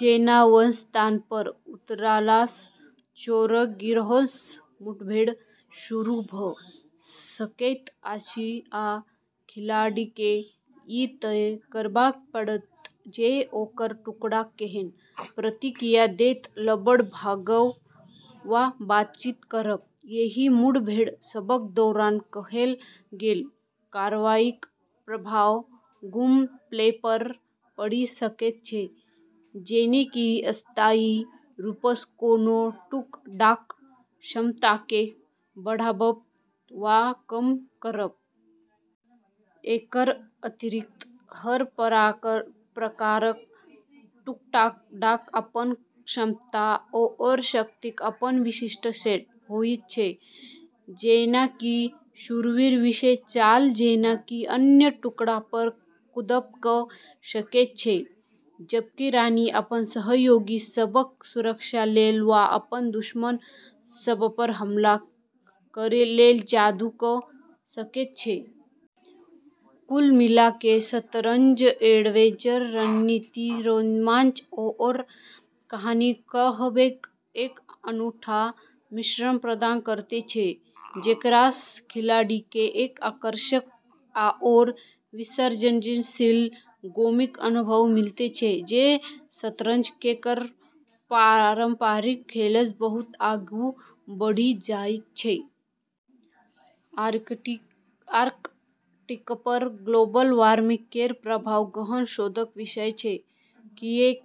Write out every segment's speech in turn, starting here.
जेना, "वन" स्थानपर उतरलासँ चोरक गिरोहसँ मुठभेड़ शुरू भऽ सकैत अछि, आ खिलाड़ीकेँ ई तय करबाक पड़त जे ओकर टुकड़ा केहन प्रतिक्रिया देत - लड़ब, भागब, वा बातचीत करब। एहि मुठभेड़ सभक दौरान कएल गेल कार्रवाईक प्रभाव गेमप्लेपर पड़ि सकैत छै, जेना कि अस्थायी रूपसँ कोनो टुकड़ाक क्षमताकेँ बढ़ाबब वा कम करब। एकर अतिरिक्त, हर प्रकारक टुकड़ाक अपन क्षमता आओर शक्तिक अपन विशिष्ट सेट होइत छै। जेना कि शूरवीर विशेष चाल जेना कि अन्य टुकड़ापर कूदब कऽ सकैत छै, जबकि रानी अपन सहयोगी सभक सुरक्षा लेल वा अपन दुश्मन सभपर हमला करै लेल जादू कऽ सकैत छै। कुल मिला कऽ शतरंज एडवेंचर रणनीति, रोमांच, आओर कहानी कहबैक एक अनूठा मिश्रण प्रदान करैत छै, जेकरासँ खिलाड़ीकेँ एक आकर्षक आओर विसर्जनशील गेमिंग अनुभव मिलैत छै जे शतरंज केर पारंपरिक खेलसँ बहुत आगू बढ़ि जाइत छै। आर्कटिकपर ग्लोबल वार्मिंग केर प्रभाव गहन शोधक विषय छै, किऐक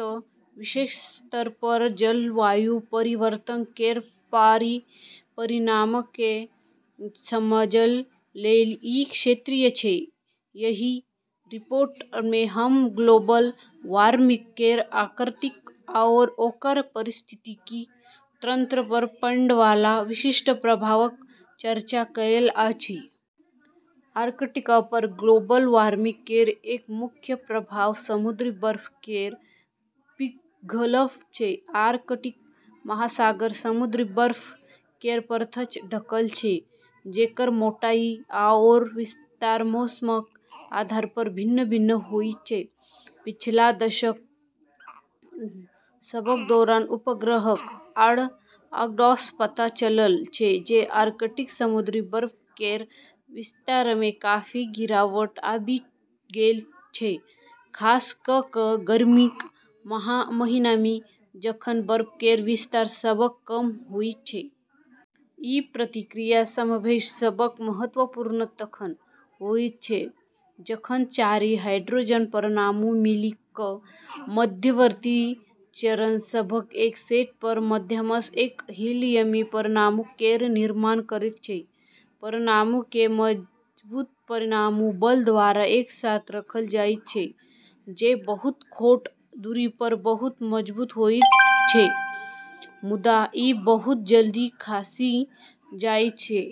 तऽ वैश्विक स्तरपर जलवायु परिवर्तन केर परिणामकेँ समझै लेल ई क्षेत्र केंद्रीय छै। एहि रिपोर्टमे हम ग्लोबल वार्मिंग केर आर्कटिक आओर ओकर पारिस्थितिकी तंत्रपर पड़ैवाला विशिष्ट प्रभावक चर्चा कएल अछि। आर्कटिकपर ग्लोबल वार्मिंग केर एक मुख्य प्रभाव समुद्री बर्फ केर पिघलब छै। आर्कटिक महासागर समुद्री बर्फ केर परतसँ ढकल छै जेकर मोटाई आओर विस्तार मौसमक आधारपर भिन्न-भिन्न होइत छै। पिछला दशक सभक दौरान उपग्रहक आँकड़ासँ पता चलल छै जे आर्कटिक समुद्री बर्फ केर विस्तारमे काफी गिरावट आबि गेल छै, खास कऽ कऽ गर्मीक महीनामे जखन बर्फ केर विस्तार सबसँ कम होइत छै। ई प्रतिक्रिया सभमेसँ सबसँ महत्वपूर्ण तखन होइत छै जखन चारि हाइड्रोजन परमाणु मिलि कऽ मध्यवर्ती चरण सभक एक सेट केर माध्यमसँ एकही हीलियम परमाणु केर निर्माण करैत छै। परमाणुकेँ मजबूत परमाणु बल द्वारा एक साथ रखल जाइत छै, जे बहुत छोट दूरीपर बहुत मजबूत होइत छै मुदा, ई बहुत जल्दी खसि जाइत छै।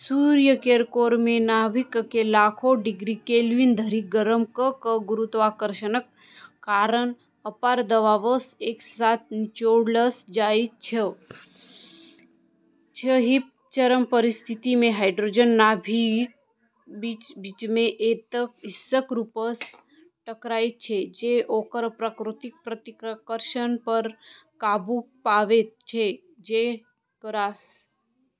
सूर्य केर कोरमे नाभिककेँ लाखो डिग्री केल्विन धरि गरम कऽ कऽ गुरुत्वाकर्षणक कारण अपार दबावसँ एक साथ निचोड़ल जाइत छै। एहि चरम परिस्थितिमे हाइड्रोजन नाभिक बीच-बीचमे एतेक हिंसक रूपसँ टकराइत छै जे ओकर प्राकृतिक प्रतिकर्षणपर काबू पाबैत छै, जेकरासँ।